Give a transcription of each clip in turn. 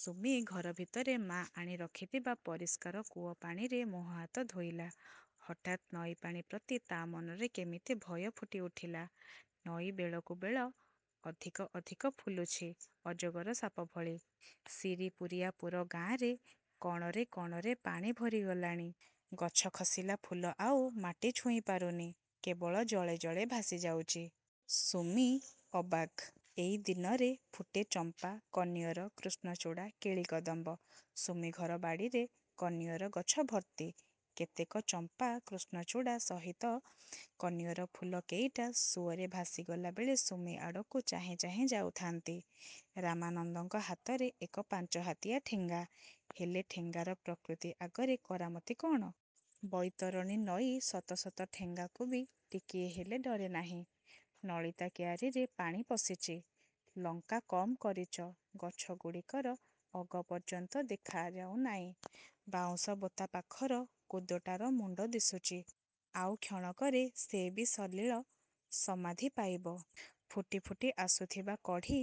ସୁମି ଘରଭିତରେ ମା ଆଣି ରଖିଥିବା ପରିଷ୍କାର କୂଅପାଣିରେ ମୁଁହହାତ ଧୋଇଲା। ହଠାତ୍ ନଈପାଣି ପ୍ରତି ତା' ମନରେ କେମିତି ଭୟ ଫୁଟି ଉଠିଲା। ନଈ ବେଳକୁ ବେଳ ଅଧିକ ଅଧିକ ଫୁଲୁଛି–ଅଜଗର ସାପ ଭଳି। ଶିରିପୁରିଆପୁର ଗାଁରେ କଣରେ କଣରେ ପାଣି ଭରିଗଲାଣି। ଗଛ ଖସିଲା ଫୁଲ ଆଉ ମାଟି ଛୁଇଁପାରୁନି–କେବଳ ଜଳେ ଜଳେ ଭାସିଯାଉଚି। ସୁମି ଅବାକ୍। ଏଇ ଦିନରେ ଫୁଟେ ଚମ୍ପା, କନିଅର, କୃଷ୍ଣଚୂଡ଼ା, କେଳି-କଦମ୍ବ। ସୁମିଘର ବାଡ଼ିରେ କନିଅର ଗଛ ଭର୍ତ୍ତି। କେତେକ ଚମ୍ପା–କୃଷ୍ଣଚୂଡ଼ା ସହିତ କନିଅର ଫୁଲ କେଇଟା ସୁଅରେ ଭାସିଗଲା ବେଳେ ସୁମିଆଡ଼କୁ ଚାହିଁ ଚାହିଁ ଯାଉଥାନ୍ତି। ରାମାନନ୍ଦଙ୍କ ହାତରେ ଏକ ପାଞ୍ଚହାତିଆ ଠେଙ୍ଗା। ହେଲେ, ଠେଙ୍ଗାର ପ୍ରକୃତି ଆଗରେ କରାମତି କଣ? ବୈତରଣୀ ନଈ ଶତ ଶତ ଠେଙ୍ଗାକୁ ବି ଟିକିଏ ହେଲେ ଡରେନାଇଁ। ନଳିତା କିଆରୀରେ ପାଣି ପଶିଚି। ଲଙ୍କାକମକରିଚ ଗଛଗୁଡାକର ଅଗ ପର୍ଯ୍ୟନ୍ତ ଦେଖା ଯାଉନାଇଁ। ବାଉଁଶ ବତା ପାଖର କୁଦଟାର ମୁଣ୍ଡ ଦିଶୁଚି। ଆଉ କ୍ଷଣକରେ ସେ ବି ସଲିଳ ସମାଧି ପାଇବ। ଫୁଟି ଫୁଟି ଆସୁଥିବା କଢ଼ି,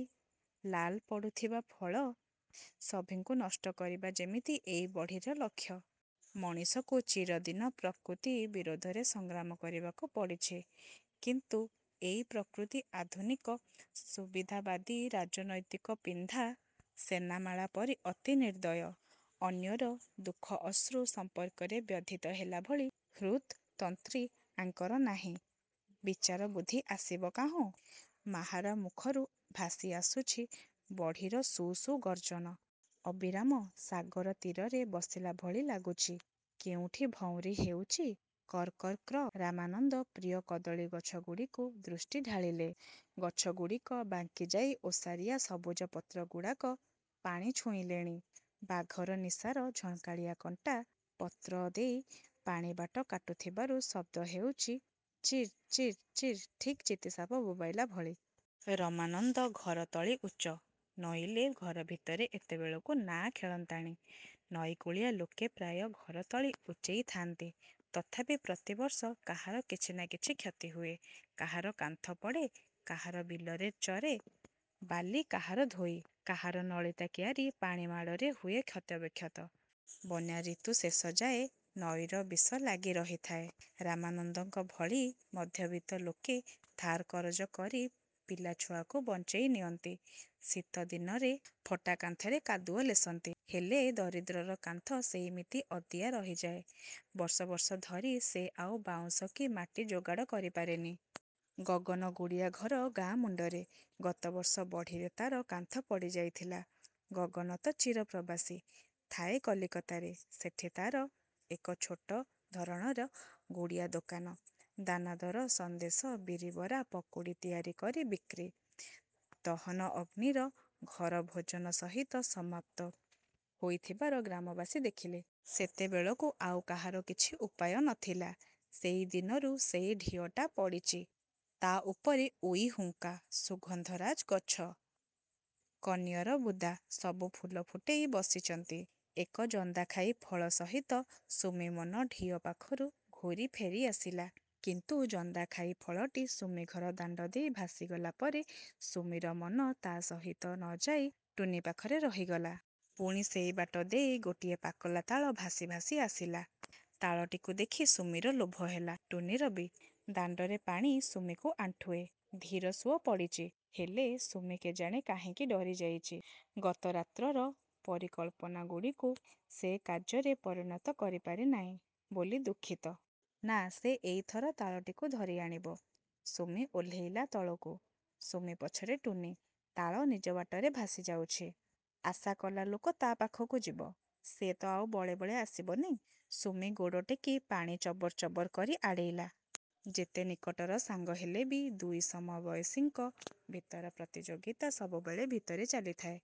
ଲାଲ ପଡ଼ି ଆସୁଥିବା ଫଳ–ସଭିଙ୍କୁ ନଷ୍ଟ କରିବା ଯେମିତି ଏଇ ବଢ଼ିର ଲକ୍ଷ୍ୟ। ମଣିଷକୁ ଚିରଦିନ ପ୍ରକୃତି ବିରୋଧରେ ସଂଗ୍ରାମ କରିବାକୁ ପଡ଼ିଛି କିନ୍ତୁ ଏଇ ପ୍ରକୃତି ଆଧୁନିକ ସୁବିଧାବାଦୀ ରାଜନୈତିକ ପିନ୍ଧା ସେନାମାଳା ପରି ଅତି ନିର୍ଦ୍ଦୟ। ଅନ୍ୟର ଦୁଃଖ-ଅଶ୍ରୁ ସମ୍ପର୍କରେ ବ୍ୟଥିତ ହେଲାଭଳି ହୃତ୍-ତନ୍ତ୍ରୀ ୟା'ଙ୍କର ନାଇଁ। ବିଚାର ବୁଦ୍ଧି ଆସିବ କାହୁଁ? ମାହାରା ମୁଖରୁ ଭାସି ଆସୁଚି ବଢ଼ିର ସୁ-ସୁ ଗର୍ଜନ। ଅବିରାମ। ସାଗର ତୀରରେ ବସିଲା ଭଳି ଲାଗୁଚି। କେଉଁଠି ଭଉଁରୀ ହେଉଚି–କର୍-କର୍ କ୍ର। ରାମାନନ୍ଦ ପ୍ରିୟ କଦଳୀଗଛଗୁଡ଼ିକୁ ଦୃଷ୍ଟି ଢାଳିଲେ। ଗଛଗୁଡ଼ିକ ବାଙ୍କିଯାଇ ଓସାରିଆ ସବୁଜ ପତ୍ରଗୁଡାକ ପାଣି ଛୁଇଁଲେଣି। ବାଘର ନିଶାର ଝଙ୍କାଳିଆ କଣ୍ଟା, ପତ୍ରଦେଇ ପାଣି ବାଟ କାଟୁଥିବାରୁ ଶବ୍ଦ ହେଉଚି–ଚିରି-ଚିରି-ଚିରି–ଠିକ୍ ଚିତିସାପ ବୋବେଇଲା ଭଳି। ରାମାନନ୍ଦ ଘରତଳି ଉଚ୍ଚ। ନଇଲେ ଘର ଭିତରେ ଏତେବେଳକୁ ନାଆ ଖେଳନ୍ତାଣି। ନଈକୂଳିଆ ଲୋକେ ପ୍ରାୟ ଘରତଳି ଉଚ୍ଚେଇଥାନ୍ତି। ତଥାପି ପ୍ରତିବର୍ଷ କାହାର କିଛି ନା କିଛି କ୍ଷତି ହୁଏ। କାହାର କାନ୍ଥ ପଡ଼େ–କାହାର ବିଲରେ ଚରେ ବାଲି–କାହାର ଧୋଇ। କାହାର ନଳିତା କିଆରୀ ପାଣି ମାଡ଼ରେ ହୁଏ କ୍ଷତବିକ୍ଷତ। ବନ୍ୟା ଋତୁ ଶେଷ ଯାଏଁ ନଈର ବିଷ ଲାଗି ରହିଥାଏ। ରାମାନନ୍ଦଙ୍କ ଭଳି ମଧ୍ୟବିତ୍ତ ଲୋକେ ଧାର କରଜ କରି ପିଲା ଛୁଆଙ୍କୁ ବଞ୍ଚେଇ ନିଅନ୍ତି। ଶୀତ ଦିନରେ ଫଟା କାନ୍ଥରେ କାଦୁଅ ଲେସନ୍ତି। ହେଲେ ଦରିଦ୍ରର କାନ୍ଥ ସେଇମିତି ଅଦିଆ ରହିଯାଏ। ବର୍ଷ ବର୍ଷ ଧରି ସେ ଆଉ ବାଉଁଶ କି ମାଟି ଯୋଗାଡ଼ କରିପାରେନି। ଗଗନଗୁଡ଼ିଆ ଘର ଗାଁ-ମୁଣ୍ଡରେ। ଗତ ବର୍ଷ ବଢ଼ିରେ ତାର କାନ୍ଥ ପଡ଼ି ଯାଇଥିଲା। ଗଗନ ତ ଚିର ପ୍ରବାସୀ। ଥାଏ କଲିକତାରେ। ସେଠି ତାର ଏକ ଛୋଟ ଧରଣର ଗୁଡ଼ିଆ ଦୋକାନ। ଦାନାଦାର, ସନ୍ଦେଶ, ବିରିବରା, ପକୁଡ଼ି ତିଆରି କରି ବିକ୍ରି। ଦହନ ଅଗ୍ନିର ଘର ଭୋଜନ ସହିତ ସମାପ୍ତ ହୋଇଥିବାର ଗ୍ରାମବାସୀ ଦେଖିଲେ। ସେତେବେଳକୁ ଆଉ କାହାର କିଛି ଉପାୟ ନଥିଲା। ସେଇଦିନରୁ ସେଇ ଢିଅଟା ପଡ଼ିଚି। ତା ଉପରେ ଉଈହୁଙ୍କା। ସୁଗନ୍ଧରାଜ ଗଛ–କନିଅର ବୁଦା ସବୁ ଫୁଲ ଫୁଟେଇ ବସିଚନ୍ତି। ଏକ ଜନ୍ଦାଖାଇ ଫଳ ସହିତ ସୁମି ମନ ଢିଅ ପାଖରୁ ଘୂରି ଫେରି ଆସିଲା। କିନ୍ତୁ ଜନ୍ଦାଖାଇ ଫଳଟି ସୁମି-ଘର ଦାଣ୍ଡଦେଇ ଭାସିଗଲା ପରେ ସୁମିର ମନ ତା ସହିତ ନଯାଇ ଟୁନୀ ପାଖରେ ରହିଗଲା। ପୁଣି ସେଇବାଟ ଦେଇ ଗୋଟିଏ ପାକଲା ତାଳ ଭାସି ଭାସି ଆସିଲା, ତାଳଟିକୁ ଦେଖି ସୁମିର ଲୋଭ ହେଲା। ଟୁନୀର ବି। ଦାଣ୍ଡରେ ପାଣି ସୁମିକୁ ଆଣ୍ଠୁଏ;–ଧୀର ସୁଅ ପଡ଼ିଚି। ହେଲେ ସୁମି କେଜାଣି କାହିଁକି ଡରି ଯାଇଚି। ଗତ ରାତ୍ରିର ପରିକଳ୍ପନାଗୁଡ଼ିକୁ ସେ କାର୍ଯ୍ୟରେ ପରିଣତ କରିପାରି ନାଇଁ ବୋଲି ଦୁଃଖିତ। ନା–ସେ ଏଇଥର ତାଳଟିକୁ ଧରି ଆଣିବ। ସୁମି ଓହ୍ଲେଇଲା ତଳକୁ। ସୁମି ପଛକୁ ଟୁନୀ। ତାଳ ନିଜ ବାଟରେ ଭାସି ଯାଉଛି। ଆଶା କଲା ଲୋକ ତା ପାଖକୁ ଯିବ। ସେ ତ ଆଉ ବଳେ ବଳେ ଆସିବନି। ସୁମି ଗୋଡ଼ ଟେକି ପାଣି ଚବର୍ ଚବର୍ କରି ଆଗେଇଲା। ଯେତେ ନିକଟର ସାଙ୍ଗ ହେଲେ ବି ଦୁଇ ସମବୟସୀଙ୍କ ଭିତରେ ପ୍ରତିଯୋଗିତା ସବୁବେଳେ ଭିତରେ ଚାଲିଥାଏ।